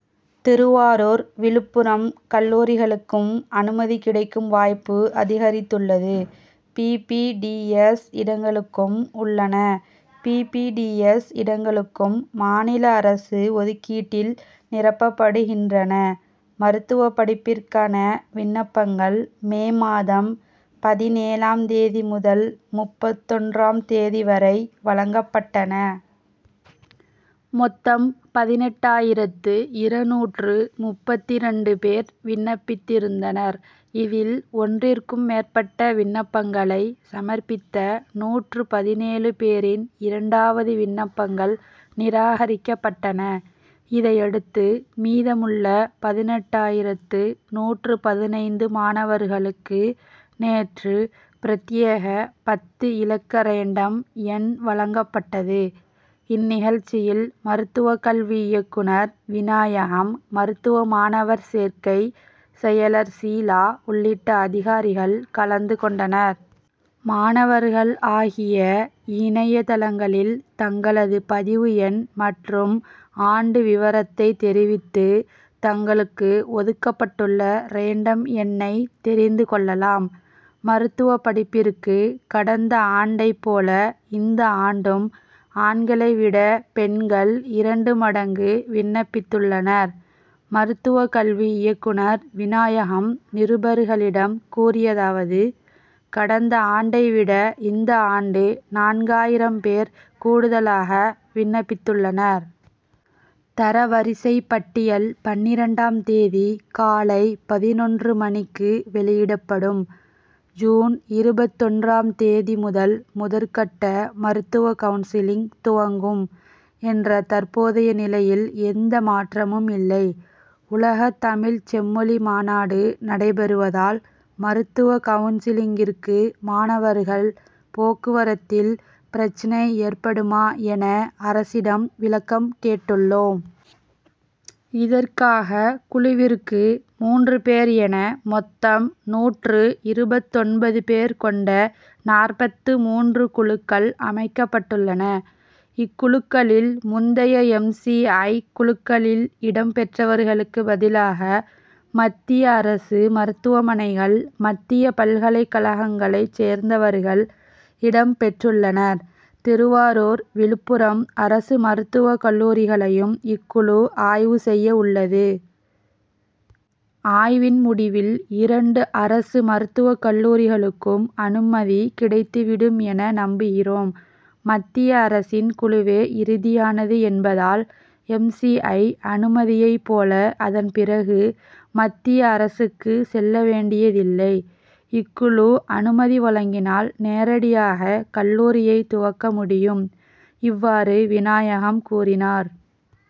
திருவாரூர் விழுப்புரம் கல்லூரிகளுக்கும் அனுமதி கிடைக்கும் வாய்ப்பு அதிகரித்துள்ளது. பி. பி. டி. எஸ். இடங்களுக்கும் உள்ளன. பி. பி. டி. எஸ். இடங்களுக்கும் மாநில அரசு ஒதுக்கீட்டில் நிரப்பப்படுகின்றன. மருத்துவப் படிப்பிற்கான விண்ணப்பங்கள் மே மாதம் பதினேழாம் தேதி முதல் முப்பத்தொன்றாம் தேதி வரை வழங்கப்பட்டன. மொத்தம் பதினெட்டாயிரத்து இருநூற்று முப்பத்திரண்டு பேர் விண்ணப்பித்திருந்தனர். இதில் ஒன்றிற்கும் மேற்பட்ட விண்ணப்பங்களை சமர்ப்பித்த நூற்று பதினேழு பேரின் இரண்டாவது விண்ணப்பங்கள் நிராகரிக்கப்பட்டன. இதையடுத்து மீதமுள்ள பதினெட்டாயிரத்து நூற்று பதினைந்து மாணவர்களுக்கு நேற்று பிரத்யேக பத்து இலக்க ரேண்டம் எண் வழங்கப்பட்டது. இந்நிகழ்ச்சியில் மருத்துவக் கல்வி இயக்குனர் விநாயகம் மருத்துவ மாணவர் சேர்க்கை செயலர் ஷீலா உள்ளிட்ட அதிகாரிகள் கலந்து கொண்டனர். மாணவர்கள் ஆகிய இணையதளங்களில் தங்களது பதிவு எண் மற்றும் ஆண்டு விவரத்தை தெரிவித்து தங்களுக்கு ஒதுக்கப்பட்டுள்ள ரேண்டம் எண்ணை தெரிந்து கொள்ளலாம். மருத்துவப் படிப்பிற்கு கடந்த ஆண்டைப் போல இந்த ஆண்டும் ஆண்களை விட பெண்கள் இரண்டு மடங்கு விண்ணப்பித்துள்ளனர். மருத்துவக் கல்வி இயக்குனர் விநாயகம் நிருபர்களிடம் கூறியதாவது கடந்த ஆண்டை விட இந்த ஆண்டு நான்காயிரம் பேர் கூடுதலாக விண்ணப்பித்துள்ளனர். தரவரிசைப் பட்டியல் பன்னிரண்டாம் தேதி காலை பதினொன்று மணிக்கு வெளியிடப்படும். ஜூன் இருபத்தொன்றாம் தேதி முதல் முதற்கட்ட மருத்துவக் கவுன்சிலிங் துவங்கும் என்ற தற்போதைய நிலையில் எந்த மாற்றமும் இல்லை. உலகத் தமிழ்ச் செம்மொழி மாநாடு நடைபெறுவதால் மருத்துவக் கவுன்சிலிங்கிற்கு மாணவர்கள் போக்குவரத்தில் பிரச்னை ஏற்படுமா என அரசிடம் விளக்கம் கேட்டுள்ளோம். இதற்காக குழுவிற்கு மூன்று பேர் என மொத்தம் நூற்று இருபத்தொன்பது பேர் கொண்ட நாற்பத்து மூன்று குழுக்கள் அமைக்கப்பட்டுள்ளன. இக்குழுக்களில் முந்தைய எம். சி. ஐ. குழுக்களில் இடம் பெற்றவர்களுக்கு பதிலாக மத்திய அரசு மருத்துவமனைகள் மத்திய பல்கலைக் கழகங்களைச் சேர்ந்தவர்கள் இடம்பெற்றுள்ளனர். திருவாரூர் விழுப்புரம் அரசு மருத்துவக் கல்லூரிகளையும் இக்குழு ஆய்வு செய்யவுள்ளது. ஆய்வின் முடிவில் இரண்டு அரசு மருத்துவக் கல்லூரிகளுக்கும் அனுமதி கிடைத்து விடும் என நம்புகிறோம். மத்திய அரசின் குழுவே இறுதியானது என்பதால் எம். சி. ஐ. அனுமதியைப் போல அதன்பிறகு மத்திய அரசுக்கு செல்ல வேண்டியதில்லை. இக்குழு அனுமதி வழங்கினால் நேரடியாக கல்லூரியை துவக்க முடியும். இவ்வாறு விநாயகம் கூறினார்.